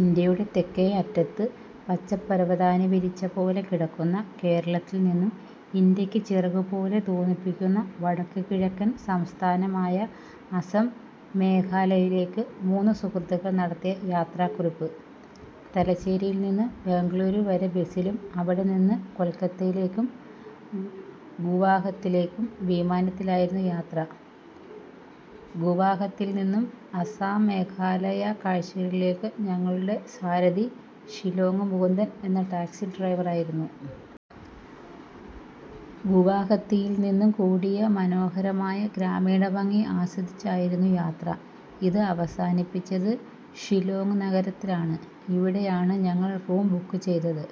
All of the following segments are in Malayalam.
ഇന്ത്യയുടെ തെക്കേയറ്റത്ത് പച്ചപരവതാനി വിരിച്ച പോലെ കിടക്കുന്ന കേരളത്തിൽ നിന്നു ഇന്ത്യക്ക് ചിറക് പോലെ തോന്നിപ്പിക്കുന്ന വടക്ക് കിഴക്കൻ സംസ്ഥാനമായ അസം, മേഘാലയയിലേക്ക് മൂന്നുസുഹൃത്തുക്കൾ നടത്തിയ യാത്രാക്കുറിപ്പ്. തലശ്ശേരിയിൽനിന്നു ബെംഗളൂരു വരെ ബസിലും അവിടെ നിന്ന് കൊൽക്കത്തയിലേക്കും ഗുവാഹത്തിയിലേക്കും വിമാനത്തിലായിരുന്നു യാത്ര. ഗുവാഹത്തിയിൽനിന്നും അസാം, മേഘാലയ കാഴ്ചകളിലേക്കുള്ള ഞങ്ങളുടെ സാരഥി ഷിലോങ്ങ് മുകുന്ദൻ എന്ന ടാക്സി ഡ്രൈവറായിരുന്നു. ഗുവാഹത്തിയിൽ നിന്നും കൂടി മനോഹരമായ ഗ്രാമീണഭംഗി ആസ്വദിച്ചയാരുന്നു യാത്ര. ഇത് അവസാനിപ്പിച്ചത് ഷിലോങ്ങ് നഗരത്തിൽ ആണ്. ഇവിടെയാണ് ഞങ്ങൾ റൂം ബുക്ക് ചെയ്തത്.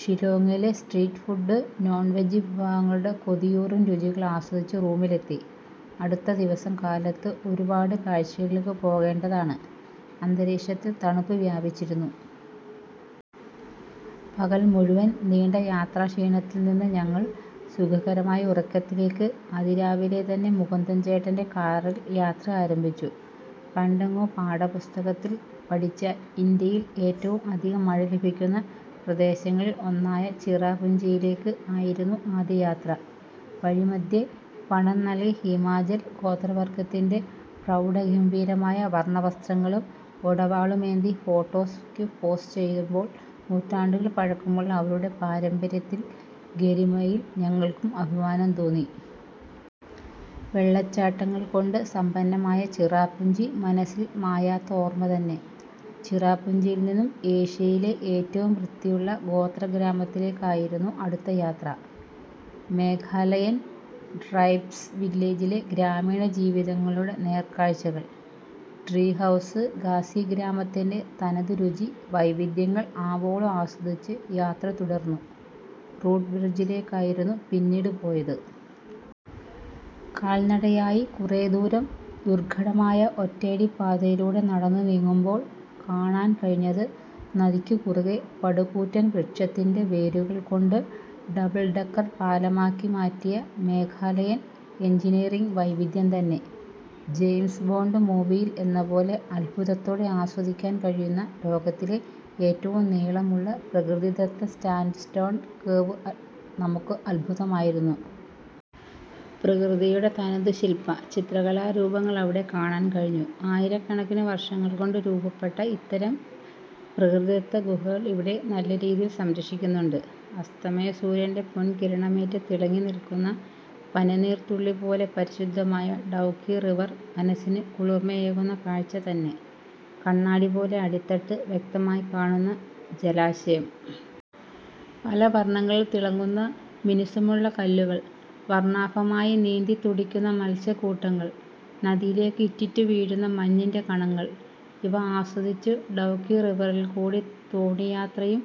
ഷിലോങ്ങിലെ സ്ട്രീറ്റ് ഫുഡ് നോൺ വെജ് വിഭവങ്ങളുടെ കൊതിയൂറും രുചികൾ ആസ്വദിച്ച് റൂമിലെത്തി. അടുത്ത ദിവസം കാലത്ത് ഒരുപാട് കാഴ്ചകളിലേക്കു പോകേണ്ടതാണ്, അന്തരീക്ഷത്തിൽ തണുപ്പ് വ്യാപിച്ചിരിക്കുന്നു. പകൽ മുഴുവൽ നീണ്ട യാത്രാക്ഷീണത്തിൽനിന്ന് ഞങ്ങൾ സുഖകരമായ ഉറക്കത്തിലേക്ക് അതിരാവിലെതന്നെ മുകുന്ദൻ ചേട്ടന്‍റെ കാറിൽ യാത്ര ആരംഭിച്ചു. പണ്ടെങ്ങോ പാഠപുസ്തകത്തിൽ പഠിച്ച ഇന്ത്യയിൽ ഏറ്റവും അധികം മഴ ലഭിക്കുന്ന പ്രദേശങ്ങളിൽ ഒന്നായ ചിറാപുഞ്ചിയിലേക്ക് ആയിരുന്നു ആദ്യ യാത്ര. വഴിമധ്യേ പണം നൽകി ഹിമാചൽ ഗോത്രവർഗ്ഗത്തിന്‍റെ പ്രൗഢഗംഭീരമായ വർണവസ്ത്രങ്ങളും ഉടവാളുമേന്തി ഫോട്ടോക്ക് പോസ് ചെയുമ്പോൾ നൂറ്റാണ്ടുകൾ പഴക്കമുള്ള അവരുടെ പാരമ്പര്യത്തിന്‍റെ ഗരിമയിൽ ഞങ്ങൾക്കും അഭിമാനം തോന്നി. വെള്ളച്ചാട്ടങ്ങൾകൊണ്ട് സമ്പന്നമായ ചിറാപുഞ്ചി മനസ്സിൽ മായാത്ത ഓർമ തന്നെ. ചിറാപുഞ്ചിയിൽനിന്നും ഏഷ്യയിലെ ഏറ്റവും വൃത്തിയുള്ള ഗോത്ര ഗ്രാമത്തിലേക്ക് ആയിരുന്നു അടുത്തയാത്ര. മേഘാലയൻ ട്രൈബ്സ് വില്ലേജിലെ ഗ്രാമീണ ജീവിതങ്ങളുടെ നേർക്കാഴ്ചകൾ, ട്രീ ഹൗസ്, ഖാസി ഗ്രാമത്തിന്‍റെ തനതുരുചി വൈവിദ്ധ്യങ്ങൾ ആവോളം ആസ്വദിച്ച് യാത്ര തുടർന്നു. റൂട്ട് ബ്രഡ്ജിലേക്കായിരുന്നു പിന്നീട്പോയത്. കാൽനടയായി കുറേദൂരം ദുർഘടമായ ഒറ്റയടി പാതയിലൂടെ നടന്നു നീങ്ങുമ്പോൾ കാണാൻ കഴിഞ്ഞത് നദിക്കുകുറുകെ പടുകൂറ്റൻ വൃക്ഷത്തിന്‍റെ വേരുകൾ കൊണ്ട് ഡബിൾഡക്കർ പാലമാക്കി മാറ്റിയ മേഘാലയൻ എൻജിനിയറിങ് വൈവിദ്ധ്യംതന്നെ. ജെയിംസ് ബോണ്ട് മൂവിയിൽ എന്നപോലെ അദ്ഭുതത്തോടെ ആസ്വദിക്കാൻ കഴിയുന്ന ലോകത്തിലെ ഏറ്റവും നീളമുള്ള പ്രകൃതിദത്ത സാൻഡ്സ്റ്റോൺ കേവ് നമ്മുക്ക് അദ്ഭുതമായിരുന്നു. പ്രകൃതിയുടെ തനതു ശിൽപ, ചിത്രകലാ രൂപങ്ങൾ അവിടെ കാണാൻ കഴിഞ്ഞു. ആയിരക്കണക്കിന് വർഷങ്ങൾ കൊണ്ട് രൂപപ്പെട്ട ഇത്തരം പ്രകൃതിദത്ത ഗുഹകൾ ഇവിടെ നല്ലരീതിയിൽ സംരക്ഷിക്കുന്നുണ്ട്. അസ്തമയ സൂര്യന്‍റെ പൊൻകിരണമേറ്റ് തിളങ്ങി നിൽക്കുന്ന പനിനീർതുള്ളി പോലെ പരിശുദ്ധമായ ഡൗക്കി റിവർ മനസിന് കുളിർമയേകുന്ന കാഴ്ച തന്നെ. കണ്ണാടിപോലെ അടിത്തട്ട് വ്യക്തമായി കാണുന്ന ജലാശയം. പലവർണ്ണങ്ങളിൽ തിളങ്ങുന്ന മിനുസമുള്ള കല്ലുകൾ, വർണാഭമായി നീന്തി തുടിക്കുന്ന മൽസ്യകൂട്ടങ്ങൾ, നദിയിലേക്കു ഇറ്റിറ്റു വീഴുന്ന മഞ്ഞിൻ കണങ്ങൾ ഇവ ആസ്വദിച്ച് ഡൗക്കി റിവറിൽകൂടി തോണി യാത്രയും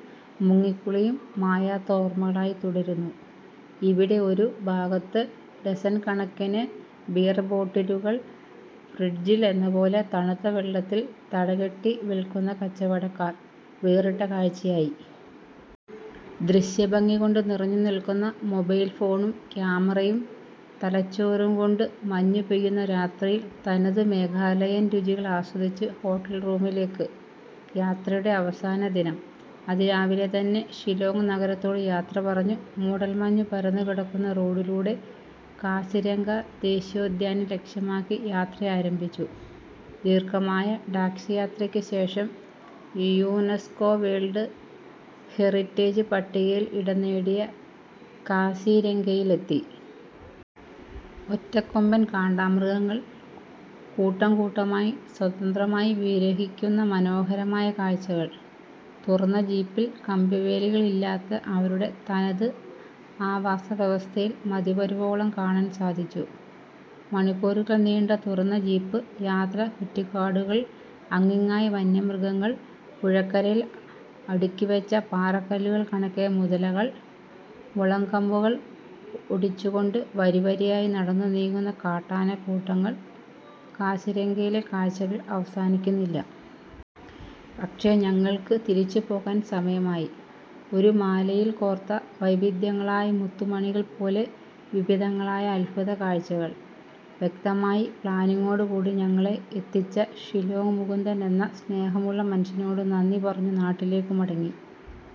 മുങ്ങികുളിയും മായാത്ത ഓർമകളായി തുടരുന്നു. ഇവിടെ ഒരു ഭാഗത്തു ഡസൻകണക്കിന് ബിയർബോട്ടിലുകൾ ഫ്രിഡ്ജിൽ എന്നപോലെ തണുത്ത വെള്ളത്തിൽ തടകെട്ടി വിൽക്കുന്ന കച്ചവടക്കാർ വേറിട്ട കാഴ്ചയായി. ദൃശ്യ ഭംഗികൊണ്ട് നിറഞ്ഞു നിൽക്കുന്ന മൊബൈൽ ഫോണും, ക്യാമറയും തലച്ചോറുംകൊണ്ട് മഞ്ഞു പെയ്യുന്നരാത്രിയിൽ തനതു മേഘാലയൻ രുചികൾ ആസ്വദിച്ചു ഹോട്ടൽ റൂമിലേക്ക്. യാത്രയുടെ അവസാന ദിനം അതിരാവിലെതന്നെ ഷിലോങ്ങ് നഗരത്തോട് യാത്രപറഞ്ഞു. മൂടൽമഞ്ഞു പരന്നുകിടക്കുന്ന റോഡിലൂടെ കാസിരംഗ ദേശീയോദ്യാനം ലക്ഷ്യമാക്കി യാത്ര ആരംഭിച്ചു. ദീർഘമായ ടാക്സി യാത്രയ്ക്കുശേഷം, യൂനസ്കോ വേൾഡ് ഹെറിറ്റേജ് പട്ടികയിൽ ഇടംനേടിയ കാസിരംഗയിൽ എത്തി. ഒറ്റക്കൊമ്പൻ കാണ്ടാമൃഗങ്ങൾ കൂട്ടംകൂട്ടമായി സ്വതന്ത്രമായി വിഹരിക്കുന്ന മനോഹരമായ കാഴ്ച്ചകൾ, തുറന്ന ജീപ്പിൽ കമ്പിവേലികൾ ഇല്ലാതെ അവരുടെ തനത് ആവാസ വ്യവസ്ഥയിൽ മതിവരുവോളം കാണാൻ സാധിച്ചു. മണിക്കൂറുകൾനീണ്ട തുറന്ന ജീപ്പ് യാത്ര കുറ്റിക്കാടുകളിൽ അങ്ങിങ്ങായി വന്യമൃഗങ്ങൾ, പുഴക്കരയിൽ അടുക്കിവെച്ച പാറകല്ലുകൾ കണക്കെ മുതലകൾ, മുളംകമ്പുകൾ ഒടിച്ചുകൊണ്ട് വരിവരിയായി നടന്നു നീങ്ങുന്ന കാട്ടാനകൂട്ടങ്ങൾ, കാസിരംഗയിലെ കാഴ്ചകൾ അവസാനിക്കുന്നില്ല. പക്ഷേ ഞങ്ങൾക്ക് തിരിച്ചുപോകാൻ സമയമായി. ഒരു മാലയിൽ കോർത്ത വൈവിദ്ധ്യങ്ങളായ മുത്ത് മണികൾ പോലെ വിവിധങ്ങളായ അത്ഭുതകാഴ്ചൾ വ്യക്തമായ പ്ലാനിങ്ങോടുകൂടി ഞങ്ങളെ എത്തിച്ച ഷിലോങ്ങ് മുകുന്ദൻ എന്ന സ്നേഹമുള്ള മനുഷനോട് നന്ദി പറഞ്ഞു നാട്ടിലേക്കു മടങ്ങി.